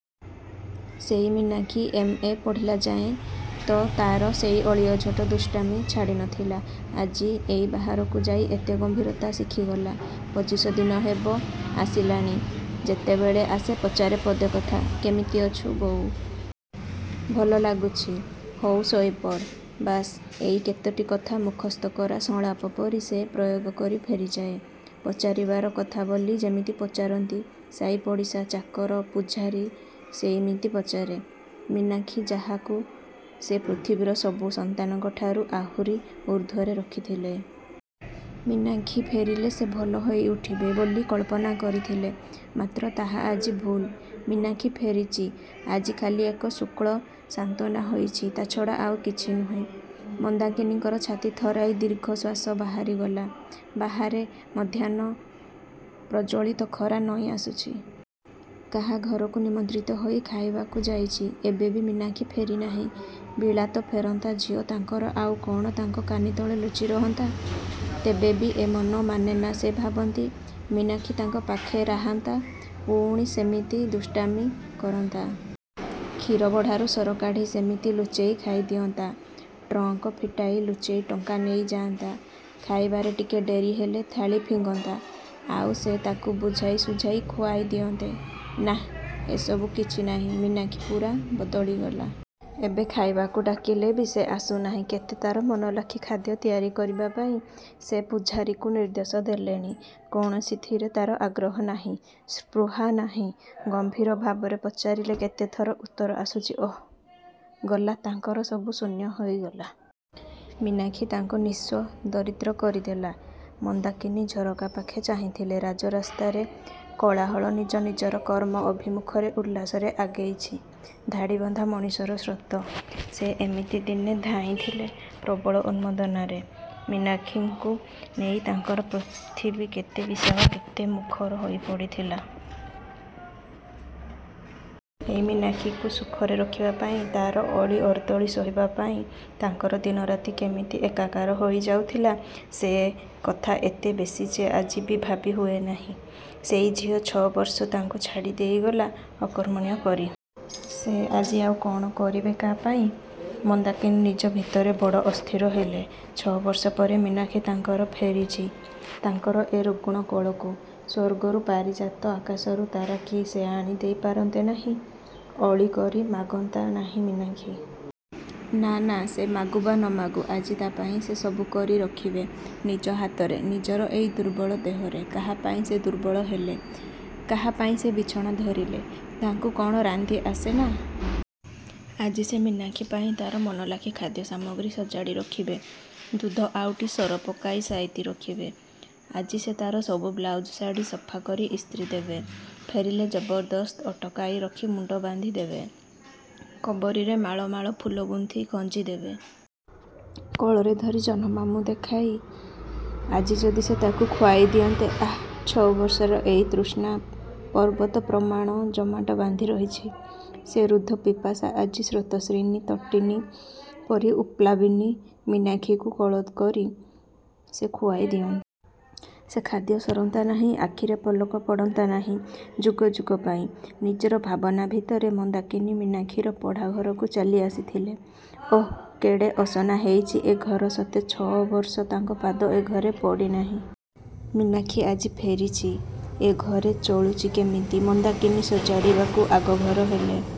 ସେଇ Meenakshi M A ପଢ଼ିଲାଯାଏ ତ ତାର ସେଇ ଅଳି, ଅଝଟ, ଦୁଷ୍ଟାମି ଛାଡ଼ି ନଥିଲା । ଆଜି ଏଇ ବାହାରକୁ ଯାଇ ଏତେ ଗମ୍ଭୀରତା ଶିଖିଗଲା । ପଚିଶ ଦିନ ହେବ ଆସିଲାଣି, ଯେତେବେଳେ ଆସେ ପଚାରେ ପଦେ କଥା କେମିତି ଅଛୁ ବୋଉ? ଭଲ ଲାଗୁଚି? ହଉ, ଶୋଇପଡ଼। ବାସ୍ ଏଇ କେତୋଟି କଥା ମୁଖସ୍ଥକରା ସଂଳାପ ପରି ସେ ପ୍ରୟୋଗ କରି ଫେରିଯାଏ। ପଚାରିବାର କଥା ବୋଲି ଯେମିତି ପଚାରନ୍ତି ସାଇ ପଡ଼ିଶା, ଚାକର ପୂଝାରୀ, ସେଇମିତି ପଚାରେ । ମୀନାକ୍ଷୀ ଯାହାକୁ ସେ ପୃଥିବୀର ସବୁ ସନ୍ତାନଙ୍କଠାରୁ ଆହୁରି ଊର୍ଦ୍ଧ୍ଵରେ ରଖିଥିଲେ । ମୀନାକ୍ଷୀ ଫେରିଲେ ସେ ଭଲ ହୋଇ ଉଠିବେ ବୋଲି କଳ୍ପନା କରିଥିଲେ, ମାତ୍ର ତାହା ଆଜି ଭୁଲ୍। ମୀନାକ୍ଷୀ ଫେରିଚି ଆଜି ଖାଲି ଏକ ଶୁଷ୍କ ସାନ୍ତ୍ୱନା ହୋଇଛି, ତା ଛଡ଼ା ଆଉ କିଛି ନୁହେଁ। ମନ୍ଦାକିନୀଙ୍କର ଛାତି ଥରାଇ ଦୀର୍ଘଶ୍ଵାସ ବାହାରିଗଲା, ବାହାରେ ମଧ୍ୟାହ୍ନର ପ୍ରଜ୍ଜ୍ୱଳିତ ଖରା ନଇଁ ଆସୁଚି। କାହା ଘରକୁ ନିମନ୍ତ୍ରିତ ହୋଇ ଖାଇବାକୁ ଯାଇଚି ଏବେ ବି ମୀନାକ୍ଷୀ ଫେରି ନାହିଁ। ବିଳାତଫେରନ୍ତା ଝିଅ ତାଙ୍କର ଆଉ କଣ ତାଙ୍କ କାନି ତଳେ ଲୁଚି ରହନ୍ତା? ତେବେ ବି ଏ ମନ ମାନେନା ସେ ଭାବନ୍ତି, ମୀନାକ୍ଷୀ ତାଙ୍କ ପାଖେ ରାହନ୍ତା ପୁଣି ସେମିତି ଦୁଷ୍ଟାମି କରନ୍ତା। କ୍ଷୀରବଢ଼ାରୁ ସର କାଢ଼ି ସେମିତି ଲୁଚେଇ ଖାଇଦିଅନ୍ତା, ଟ୍ରଙ୍କ ଫିଟାଇ ଲୁଚେଇ ଟଙ୍କା ନେଇଯାଆନ୍ତା, ଖାଇବାରେ ଟିକେ ଡେରି ହେଲେ ଥାଳି ଫିଙ୍ଗନ୍ତା, ଆଉ ସେ ତାକୁ ବୁଝାଇଶୁଝାଇ ଖୁଆଇ ଦିଅନ୍ତେ । ନାଃ, ଏ ସବୁ କିଛି ନାହିଁ ମୀନାକ୍ଷୀ ପୂରା ବଦଳିଗଲା । ଏବେ ଖାଇବାକୁ ଡାକିଲେ ବି ସେ ଆସୁ ନାହିଁ। କେତେ ତାର ମନଲାଖି ଖାଦ୍ୟ ତିଆରି କରିବାପାଇଁ ସେ ପୁଝାରୀକୁ ନିର୍ଦ୍ଦେଶ ଦେଲେଣି। କୌଣସିଥିରେ ତାର ଆଗ୍ରହ ନାହିଁ, ସ୍ପୃହା ନାହିଁ। ଗମ୍ଭୀର ଭାବରେ ପଚାରିଲେ କେତେ ଥରରେ ଉତ୍ତର ଆସୁଚି, ଓଃ ଗଲା ତାଙ୍କର ସବୁ ଶୂନ୍ୟ ହୋଇଗଲା। ମୀନାକ୍ଷୀ ତାଙ୍କୁ ନିଃସ୍ୱ, ଦରିଦ୍ର କରିଦେଲା । ମନ୍ଦାକିନୀ ଝରକାପାଖେ ଚାହିଁଥିଲେ, ରାଜରାସ୍ତାରେ କୋଳାହଳ ନିଜ ନିଜର କର୍ମ ଅଭିମୁଖରେ ଉଲ୍ଲାସରେ ଆଗେଇଚି ଧାଡ଼ିବନ୍ଧା ମଣିଷର ସ୍ରୋତ। ସେ ଏମିତି ଦିନେ ଧାଇଁଥିଲେ ପ୍ରବଳ ଉନ୍ମାଦନାରେ। ମୀନାକ୍ଷୀକୁ ନେଇ ତାଙ୍କର ପୃଥିବୀ କେତେ ବିଶାଳ, କେତେ ମୁଖର ହୋଇପଡ଼ିଥିଲା? ଏଇ ମୀନାକ୍ଷୀକୁ ସୁଖରେ ରଖିବାପାଇଁ, ତାର ଅଳି ଅର୍ଦ୍ଦଳି ସହିବାପାଇଁ, ତାଙ୍କର ଦିନରାତି କେମିତି ଏକାକାର ହୋଇ ଯାଉଥିଲା ସେ କଥା ଏତେ ବେଶୀ ଯେ ଆଜି ବି ଭାବି ହୁଏ ନାହିଁ। ସେଇ ଝିଅ ଛ ବର୍ଷ ତାଙ୍କୁ ଛାଡ଼ି ଦେଇଗଲା ଅକର୍ମଣ୍ୟ କରି। ସେ ଆଜି ଆଉ କଣ କରିବେ କା ପାଇଁ? ମନ୍ଦାକିନୀ ନିଜ ଭିତରେ ବଡ଼ ଅସ୍ଥିର ହେଲେ। ଛ ବର୍ଷ ପରେ ମୀନାକ୍ଷୀ ତାଙ୍କର ଫେରିଚି, ତାଙ୍କର ଏ ରୁଗ୍ଣ କୋଳକୁ। ସ୍ୱର୍ଗରୁ ପାରିଜାତ ଆକାଶରୁ ତାରା କି ସେ ଆଣିଦେଇ ପାରନ୍ତେ ନାହିଁ? ଅଳି କରି ମାଗନ୍ତା ନାହିଁ ମୀନାକ୍ଷୀ? ନା ନା ସେ ମାଗୁ ବା ନ ମାଗୁ ଆଜି ତା ପାଇଁ ସେ ସବୁ କରି ରଖିବେ ନିଜ ହାତରେ, ନିଜର ଏଇ ଦୁର୍ବଳ ଦେହରେ। କାହାପାଇଁ ସେ ଦୁର୍ବଳ ହେଲେ? କାହାପାଇଁ ସେ ବିଛଣା ଧରିଲେ? ତାଙ୍କୁ କଣ ରାନ୍ଧି ଆସେ ନା? ଆଜି ସେ ମୀନାକ୍ଷୀପାଇଁ ତାର ମନଲାଖି ଖାଦ୍ୟସାମଗ୍ରୀ ସଜାଡ଼ି ରଖିବେ। ଦୁଧ ଆଉଟି, ସର ପକାଇ ସାଇତି ରଖିବେ। ଆଜି ସେ ତାର ସବୁ ବ୍ଲାଉଜ୍, ଶାଢ଼ି ସଫା କରି ଇସ୍ତ୍ରୀ ଦେବେ। ଫେରିଲେ ଜବରଦସ୍ତ ଅଟକାଇ ରଖି ମୁଣ୍ଡ ବାନ୍ଧି ଦେବେ। କବରୀରେ ମାଳ ମାଳ ଫୁଲ ଗୁନ୍ଥି ଖଞ୍ଜି ଦେବେ। କୋଳରେ ଧରି ଜହ୍ନମାମୁଁ ଦେଖାଇ ଆଜି ଯଦି ସେ ତାକୁ ଖୁଆଇ ଦିଅନ୍ତେ ଆଃ ଛ ବର୍ଷର ଏହି ତୃଷ୍ଣା ପର୍ବତପ୍ରମାଣ ଜମାଟ ବାନ୍ଧି ରହିଚି। ସେ ରୁଦ୍ଧ ପିପାସା ଆଜି ସ୍ରୋତସ୍ୱିନୀ ତଟିନୀ ପରି ଉତ୍ପ୍ଲାବିନୀ ମୀନାକ୍ଷୀକୁ କୋଳକରି ସେ ଖୁଆଇ ଦିଅନ୍ତେ । ସେ ଖାଦ୍ୟ ସରନ୍ତା ନାହିଁ, ଆଖିରେ ପଲକ ପଡ଼ନ୍ତା ନାହିଁ ଯୁଗ ଯୁଗ ପାଇଁ। ନିଜର ଭାବନାଭିତରେ ମନ୍ଦାକିନୀ ମୀନାକ୍ଷୀର ପଢ଼ା ଘରକୁ ଚାଲିଆସିଥିଲେ। ଓଃ, କେଡ଼େ ଅସନା ହେଇଚି ଏ ଘର ସତେ ତ ଛ ବର୍ଷ ତାଙ୍କ ପାଦ ଏ ଘରେ ପଡ଼ି ନାହିଁ । ମୀନାକ୍ଷୀ ଆଜି ଫେରିଚି, ଏ ଘରେ ଚଳୁଚି କେମିତି? ମନ୍ଦାକିନୀ ସଜାଡ଼ିବାକୁ ଆଗଭର ହେଲେ।